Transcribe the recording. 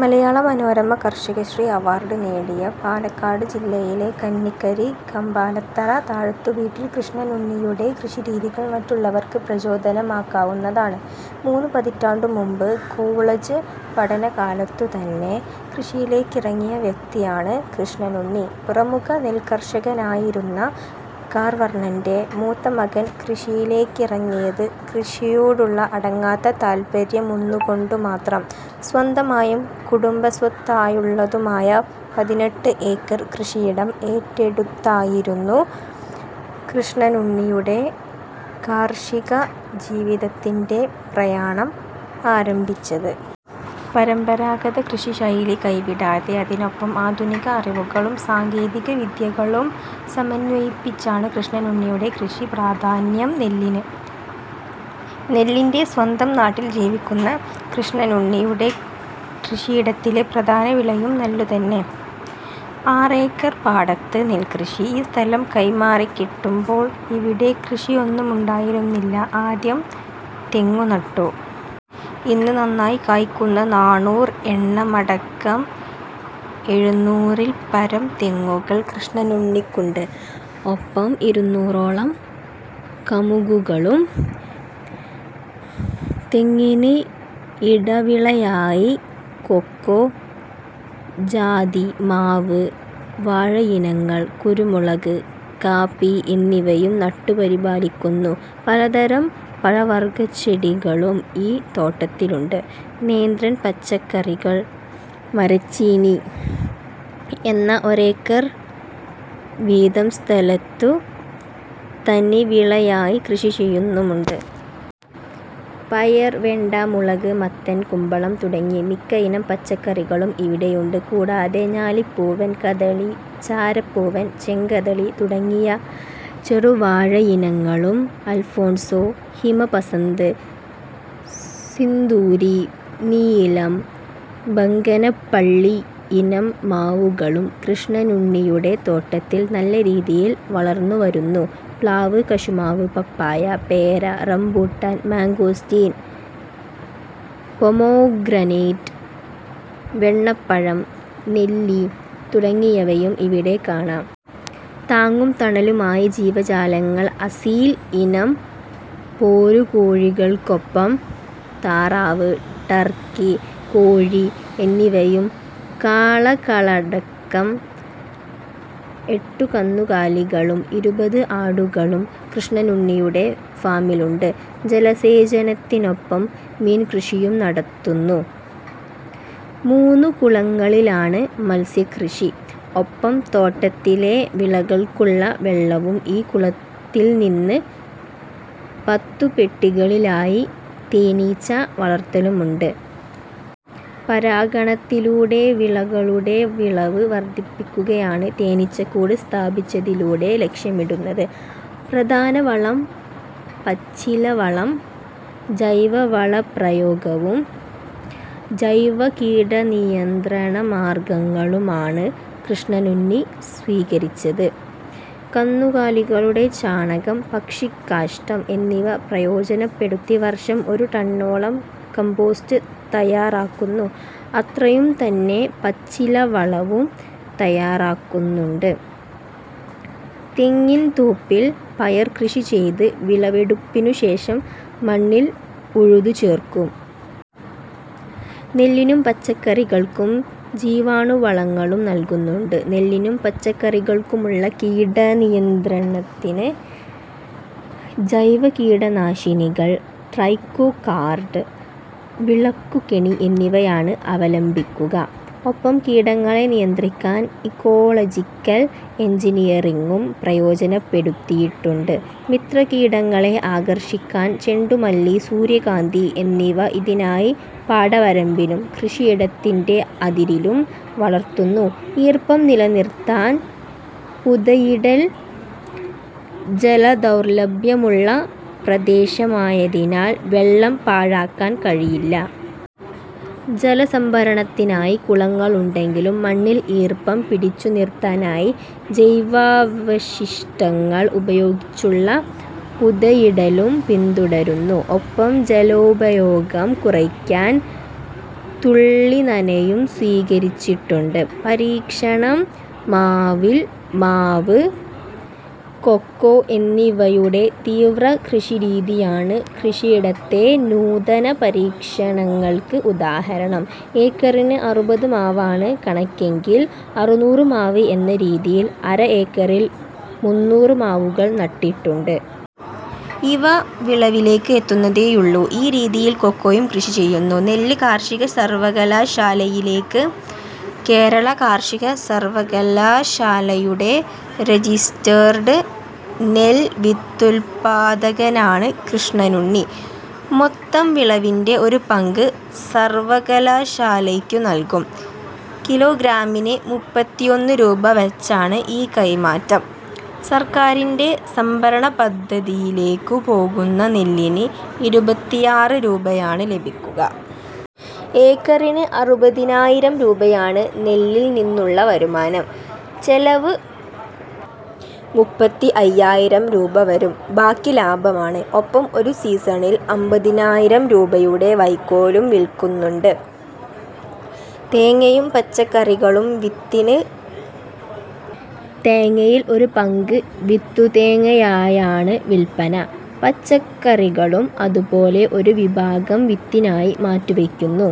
മലയാള Manorama Karshakasree award നേടിയ പാലക്കാട് ജില്ലയിലെ കന്നിക്കരി കമ്പാലത്തറ താഴത്തുവീട്ടിൽ കൃഷ്ണനുണ്ണിയുടെ കൃഷിരീതികൾ മറ്റുള്ളവർക്ക് പ്രചോദനമാക്കാവുന്നതാണ്. മൂന്നു പതിറ്റാണ്ടു മുമ്പ് കോളജ് പഠനകാലത്തുതന്നെ കൃഷിയിലേക്കിറങ്ങിയ വ്യക്തിയാണ് കൃഷ്ണനുണ്ണി. പ്രമുഖ നെൽക്കർഷകനായിരുന്ന കാർവർണന്റെ മൂത്ത മകൻ കൃഷിയിലേക്കിറങ്ങിയത് കൃഷിയിയോടുള്ള അടങ്ങാത്ത താൽപര്യമൊന്നുകൊണ്ടു മാത്രം. സ്വന്തമായും കുടുംബസ്വത്തായുള്ളതുമായ പതിനെട്ട് ഏക്കർ കൃഷിയിടം ഏറ്റെടുത്തായിരുന്നു കൃഷ്ണനുണ്ണിയുടെ കാർഷിക ജീവിതത്തിന്റെ പ്രയാണം ആരംഭിച്ചത്. പരമ്പരാഗത കൃഷിശൈലി കൈവിടാതെ അതിനൊപ്പം ആധുനിക അറിവുകളും സാങ്കേതികവിദ്യകളും സമന്വയിപ്പിച്ചാണ് കൃഷ്ണനുണ്ണിയുടെ കൃഷി. പ്രാധാന്യം നെല്ലിന്. നെല്ലിന്റെ സ്വന്തം നാട്ടിൽ ജീവിക്കുന്ന കൃഷ്ണനുണ്ണിയുടെ കൃഷിയിടത്തിലെ പ്രധാന വിളയും നെല്ലു തന്നെ. ആറേക്കർ പാടത്ത് നെൽകൃഷി. ഈ സ്ഥലം കൈമാറിക്കിട്ടുമ്പോൾ ഇവിടെ കൃഷിയൊന്നുമുണ്ടായിരുന്നില്ല. ആദ്യം തെങ്ങു നട്ടു. ഇന്ന് നന്നായി കായ്ക്കുന്ന നാണൂർ എണ്ണമടക്കം എഴുനൂറിൽപ്പരം തെങ്ങുങ്ങൾ കൃഷ്ണനുണ്ണിക്കുണ്ട്. ഒപ്പം ഇരുന്നൂറോളം കമുകുകളും. തെങ്ങിന് ഇടവിളയായി കൊക്കോ, ജാതി, മാവ്, വാഴയിനങ്ങൾ, കുരുമുളക്, കാപ്പി എന്നിവയും നട്ടു പരിപാലിക്കുന്നു. പലതരം പഴവർഗച്ചെടികളും ഈ തോട്ടത്തിലുണ്ട്. നേന്ത്രൻ, പച്ചക്കറികൾ, മരച്ചീനി എന്ന ഒരേക്കർ വീതം സ്ഥലത്തു തനിവിളയായി കൃഷി ചെയ്യുന്നുമുണ്ട്. പയർ, വെണ്ട, മുളക്, മത്തൻ, കുമ്പളം തുടങ്ങി മിക്ക ഇനം പച്ചക്കറികളും ഇവിടെയുണ്ട്. കൂടാതെ ഞാലിപ്പൂവൻ, കദളി, ചാരപ്പൂവൻ, ചെങ്കദളി തുടങ്ങിയ ചെറു വാഴയിനങ്ങളും അൽഫോൻസോ, ഹിമ പസന്ത്, സിന്ദൂരി, നീലം, ബംഗനപ്പള്ളി ഇനം മാവുകളും കൃഷ്ണനുണ്ണിയുടെ തോട്ടത്തിൽ നല്ല രീതിയിൽ വളർന്നുവരുന്നു. പ്ലാവ്, കശുമാവ്, പപ്പായ, പേര, റംബുട്ടാൻ, മാംഗോസ്റ്റിൻ, പൊമോഗ്രനേറ്റ്, വെണ്ണപ്പഴം, നെല്ലി തുടങ്ങിയവയും ഇവിടെ കാണാം. താങ്ങും തണലുമായി ജീവജാലങ്ങൾ അസീൽ ഇനം പോരുകോഴികൾക്കൊപ്പം താറാവ്, ടർക്കി, കോഴി എന്നിവയും കാളകളടക്കം എട്ടു കന്നുകാലികളും ഇരുപത് ആടുകളും കൃഷ്ണനുണ്ണിയുടെ ഫാമിലുണ്ട്. ജലസേചനത്തിനൊപ്പം മീൻകൃഷിയും നടത്തുന്നു. മൂന്നു കുളങ്ങളിലാണ് മത്സ്യകൃഷി. ഒപ്പം തോട്ടത്തിലെ വിളകൾക്കുള്ള വെള്ളവും ഈ കുളങ്ങളിൽനിന്ന്. പത്തു പെട്ടികളിലായി തേനിച്ച വളർത്തലുമുണ്ട്. പരാഗണത്തിലൂടെ വിളകളുടെ വിളവ് വർധിപ്പിക്കുകയാണ് തേനീച്ചക്കൂട് സ്ഥാപിച്ചതിലൂടെ ലക്ഷ്യമിടുന്നത്. പ്രധാന വളം പച്ചിലവളം ജൈവവളപ്രയോഗവും ജൈവ കീടനിയന്ത്രണമാർഗങ്ങളുമാണ് കൃഷ്ണനുണ്ണി സ്വീകരിച്ചിട്ടുള്ളത്. കന്നുകാലികളുടെ ചാണകം, പക്ഷിക്കാഷ്ഠം എന്നിവ പ്രയോജനപ്പെടുത്തി വർഷം ഒരു ടണ്ണോളം കംപോസ്റ്റ് തയാറാക്കുന്നു. അത്രയുംതന്നെ പച്ചിലവളവും തയാറാക്കുന്നുണ്ട്. തെങ്ങിൻതോപ്പിൽ പയർ കൃഷി ചെയ്ത് വിളവെടുപ്പിനുശേഷം മണ്ണിൽ ഉഴുതു ചേർക്കും. നെല്ലിനും പച്ചക്കറികൾക്കും ജീവാണുവളങ്ങളും നൽകുന്നുണ്ട്. നെല്ലിനും പച്ചക്കറികൾക്കുമുള്ള കീടനിയന്ത്രണത്തിന് ജൈവകീടനാശിനികൾ, ട്രൈക്കോ കാർഡ്, വിളക്കുകെണി എന്നിവയാണ് അവലംബിക്കുക. ഒപ്പം കീടങ്ങളെ നിയന്ത്രിക്കാൻ ഇക്കോളജിക്കൽ എൻജിനിയറിങ്ങും പ്രയോജനപ്പെടുത്തിയിട്ടുണ്ട്. മിത്രകീടങ്ങളെ ആകർഷിക്കാൻ ചെണ്ടുമല്ലി, സൂര്യകാന്തി എന്നിവ ഇതിനായി പാടവരമ്പിലും കൃഷിയിടത്തിന്റെ അതിരിലും വളർത്തുന്നു. ഈർപ്പം നിലനിർത്താൻ പുതയിടൽ ജലദൗർലഭ്യമുള്ള പ്രദേശമായതിനാൽ വെള്ളം പാഴാക്കാൻ കഴിയില്ല. ജലസംഭരണത്തിനായി കുളങ്ങളുണ്ടെങ്കിലും മണ്ണിൽ ഈർപ്പം പിടിച്ചുനിർത്താനായി ജൈവാവശിഷ്ടങ്ങൾ ഉപയോഗിച്ചുള്ള പുതയിടലും പിന്തുടരുന്നു. ഒപ്പം ജലോപയോഗം കുറയ്ക്കാൻ തുള്ളിനനയും സ്വീകരിച്ചിട്ടുണ്ട്. പരീക്ഷണം മാവിൽ മാവ്, കൊക്കോ എന്നിവയുടെ തീവ്ര കൃഷിരീതിയാണ് കൃഷിയിടത്തെ നൂതന പരീക്ഷണങ്ങൾക്ക് ഉദാഹരണം. ഏക്കറിന് അറുപത് മാവാണ് കണക്കെങ്കിൽ അറുനൂറ് മാവ് എന്ന രീതിയിൽ അര ഏക്കറിൽ മുന്നൂറ് മാവുകൾ നട്ടിട്ടുണ്ട്. ഇവ വിളവിലേക്ക് എത്തുന്നതേയുള്ളൂ. ഈ രീതിയിൽ കൊക്കോയും കൃഷി ചെയ്യുന്നു. നെല്ല് കാർഷിക സർവകലാശാലയിലേക്ക് കേരള കാർഷിക സർവകലാശാലയുടെ റജിസ്ടേർഡ് നെൽവിത്തുൽപാദകനാണ് കൃഷ്ണനുണ്ണി. മൊത്തം വിളവിന്റെ ഒരു പങ്ക് സർവകലാശാലയ്ക്കു നൽകും. കിലോഗ്രാമിന് മുപ്പത്തിഒന്ന് രൂപ വച്ചാണ് ഈ കൈമാറ്റം. സർക്കാരിന്റെ സംഭരണപദ്ധതിയിലേക്കു പോകുന്ന നെല്ലിന് ഇരുപത്തിആറ് രൂപയാണ് ലഭിക്കുക. ഏക്കറിന് അറുപതിനായിരം രൂപയാണ് നെല്ലിൽനിന്നുള്ള വരുമാനം. ചെലവ് മുപ്പത്തിഅയ്യായിരം രൂപ വരും. ബാക്കി ലാഭമാണ്. ഒപ്പം ഒരു സീസണിൽ അമ്പതിനായിരം രൂപയുടെ വൈക്കോലും വിൽക്കുന്നുണ്ട്. തേങ്ങയും പച്ചക്കറികളും വിത്തിന് തേങ്ങയിൽ ഒരു പങ്ക് വിത്തുതേങ്ങയായാണ് വിൽപന. പച്ചക്കറികളും അതുപോലെ ഒരു ഭാഗം വിത്തിനായി മാറ്റിവയ്ക്കുന്നു.